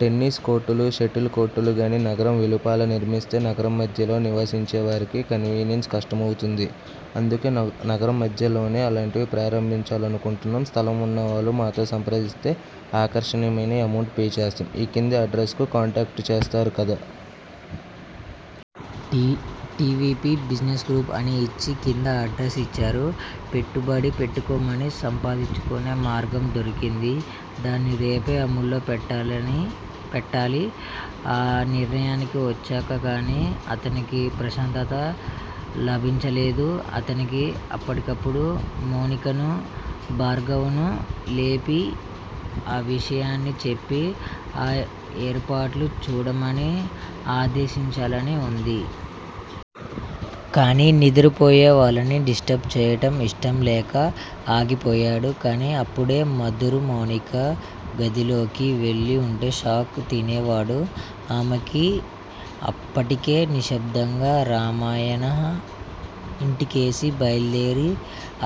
Tennis court లు, shuttle court లు గాని నగరం వెలుపల నిర్మిస్తే నగరం మధ్యలో నివసించేవారికి కన్వేయన్స్ కష్టమవుతుంది. అందుకే నగరం మధ్యలోనే అలాంటివి ప్రారంభించాలనుకుంటున్నాం. స్థలం వున్నవాళ్ళు మాతో సంప్రదిస్తే ఆకర్షణీయమైన ఎమౌంట్ పే చేస్తాం. ఈ క్రింది అడ్రస్ కి కాంటాక్టు చేస్తారు కదా. టివిపి బిజినెస్ గ్రూప్ అని ఇచ్చి క్రింద అడ్రస్ యిచ్చారు. పెట్టుబడి సంపాదించుకునే మార్గం దొరికింది. దాన్ని రేపే అమలులో పెట్టాలి. ఆ నిర్ణయానికి వచ్చాక గానీ అతనికి ప్రశాంతత లభించలేదు. అతనికి అప్పటికప్పుడు మౌనికను, భార్గవను లేపి ఆ విషయాన్ని చెప్పి ఆ ఏర్పాట్లు చూడమని ఆదేశించాలని వుంది. కానీ నిద్రపోయేవాళ్ళని డిస్ట్రబ్ చేయడం ఇష్టంలేక ఆగిపోయాడు. కానీ అప్పుడే మాధుర్ మౌనిక గదిలోకి వెళ్ళి వుంటే షాక్ తినేవాడు. ఆమె అప్పటికే నిశ్శబ్దంగా రామయన ఇంటికేసి బయలుదేరి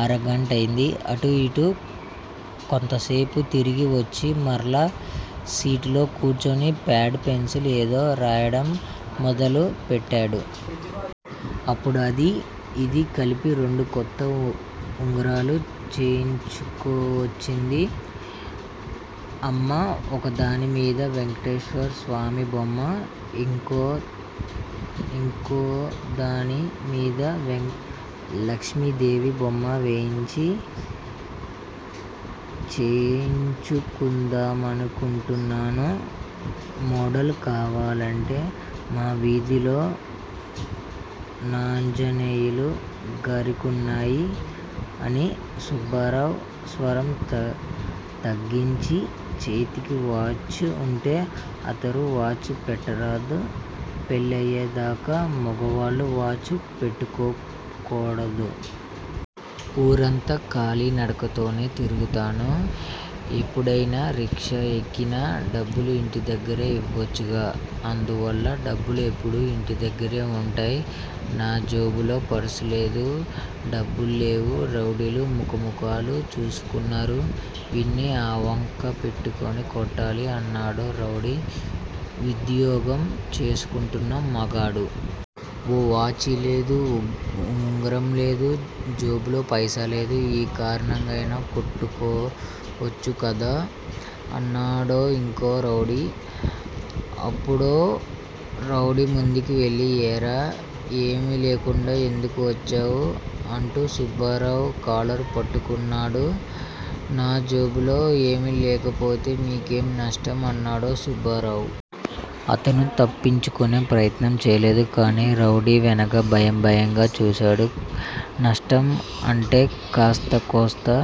అరగంటయింది. అటూ, ఇటూ ఒకింతసేపు తిరిగి వచ్చి మరలా సీట్లో కూర్చుని పేడ్, పెన్సిల్ ఏదో రాయడం మొదలెట్టాడు. అప్పుడదీ యిదీ కలిపి రెండు కొత్త ఉంగరాలు చేయించుకో వచ్చంది. అమ్మ ఒకదాని మీద వెంకటేశ్వర స్వామి బొమ్మా, ఇంకోదాని మీద లక్ష్మీదేవి బొమ్మ వేయించి చేయించుకుందా మనుకుంటున్నాను. మోడల్ కావాలంటే మా వీధిలో నాగాంజనేయులిగారికున్నాయి అని సుబ్బారావు స్వరం తగ్గించి చేతికి వాచీ ఉంటే అత్తారు వాచీ పెట్టరుట పెళ్లయ్యే దాకా మగాళ్ళు వాచీ పెట్టుకోకూడదట. ఊరంతా కాలి నడకనే తిరుగుతాను. ఎప్పుడైనా రిక్షా ఎక్కినా డబ్బులు ఇంటి దగ్గరే ఇవ్వచ్చుగా. అందువల్ల డబ్బులెప్పుడూ ఇంటి దగ్గరే ఉంటాయి. నా జేబులో పర్సూ లేదు. డబ్బులూ లేవు. రౌడీలు ముఖముఖాలు చూసుకున్నారు, వీణ్ణి ఏ వంక పెట్టుకుని కొట్టాలి! అన్నాడో రౌడీ. ఉద్యోగం చేసుకుంటున్న మగాడు. ఓ వాచీలేదు. ఉంగరం లేదు. జేబులో పైసా లేదు. ఈ కారణంగానైనా కొట్టొచ్చుగదా అన్నాడింకో రౌడీ. అప్పుడో రౌడీ ముందుకి వెళ్ళి ఏరా, జేబులో ఏమీ లేకుండా ఎందుకొచ్చావు? అంటూ సుబ్బారావు కా లరు పట్టుకున్నాడు. నా జేబులో ఏమీ లేకపోతే మీకేం నష్టం? అన్నాడు సుబ్బారావు. అతను తప్పించుకునే ప్రయత్నం చేయలేదు. కానీ రౌడీ వంక భయం భయంగా చూశాడు. నష్టమంటే కాస్తా కూస్తా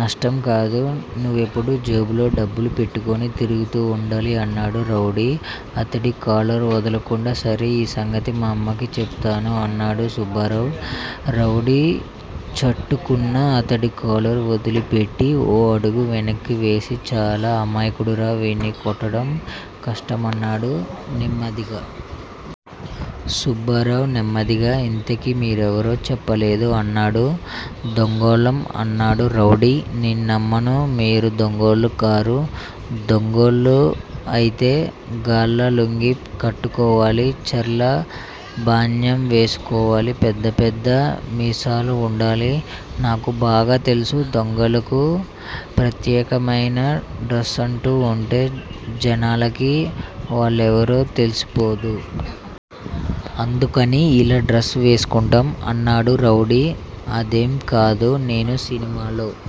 నష్టంకాదు. నువ్వెప్పుడూ జేబులో డబ్బులు పెట్టుకుని తిరుగుతూండాలి అన్నాడు రౌడీ అతడి కాలరు వదలకుండా. సరే, ఈ సంగతి మా అమ్మకు చెబుతాను అన్నాడు సుబ్బారావు. రౌడీ చటుక్కున అతడి కాలరు వదిలిపెట్టి ఓ అడుగు వెనక్కువేసి చాలా అమాయకుడురా, వీణ్ణి కొట్టడం కష్టం అన్నాడు నెమ్మదిగా. సుబ్బారావు నెమ్మదిగా ఇంతకీ మీ రెవరో చెప్పలేదు అన్నాడు. దొంగలం! అన్నాడు రౌడీ. నేను నమ్మను మీరు దొంగలు కారు. దొంగలైతే గళ్ళలుంగీ కట్టుకోవాలి. చారల బనియం వేసుకోవాలి. పెద్ద పెద్ద మీసాలుండాలి. నాకు బాగా తెలుసు. దొంగలకు ప్రత్యేకమైన డ్రస్సంటూ ఉంటే జనాలకు వాళ్ళెవరో తెలిసిపోదూ? అందుకని ఇలా డ్రస్సు వేసుకుంటాం అన్నాడు రౌడీ. అదేం కాదు. నేను సినిమాల్లో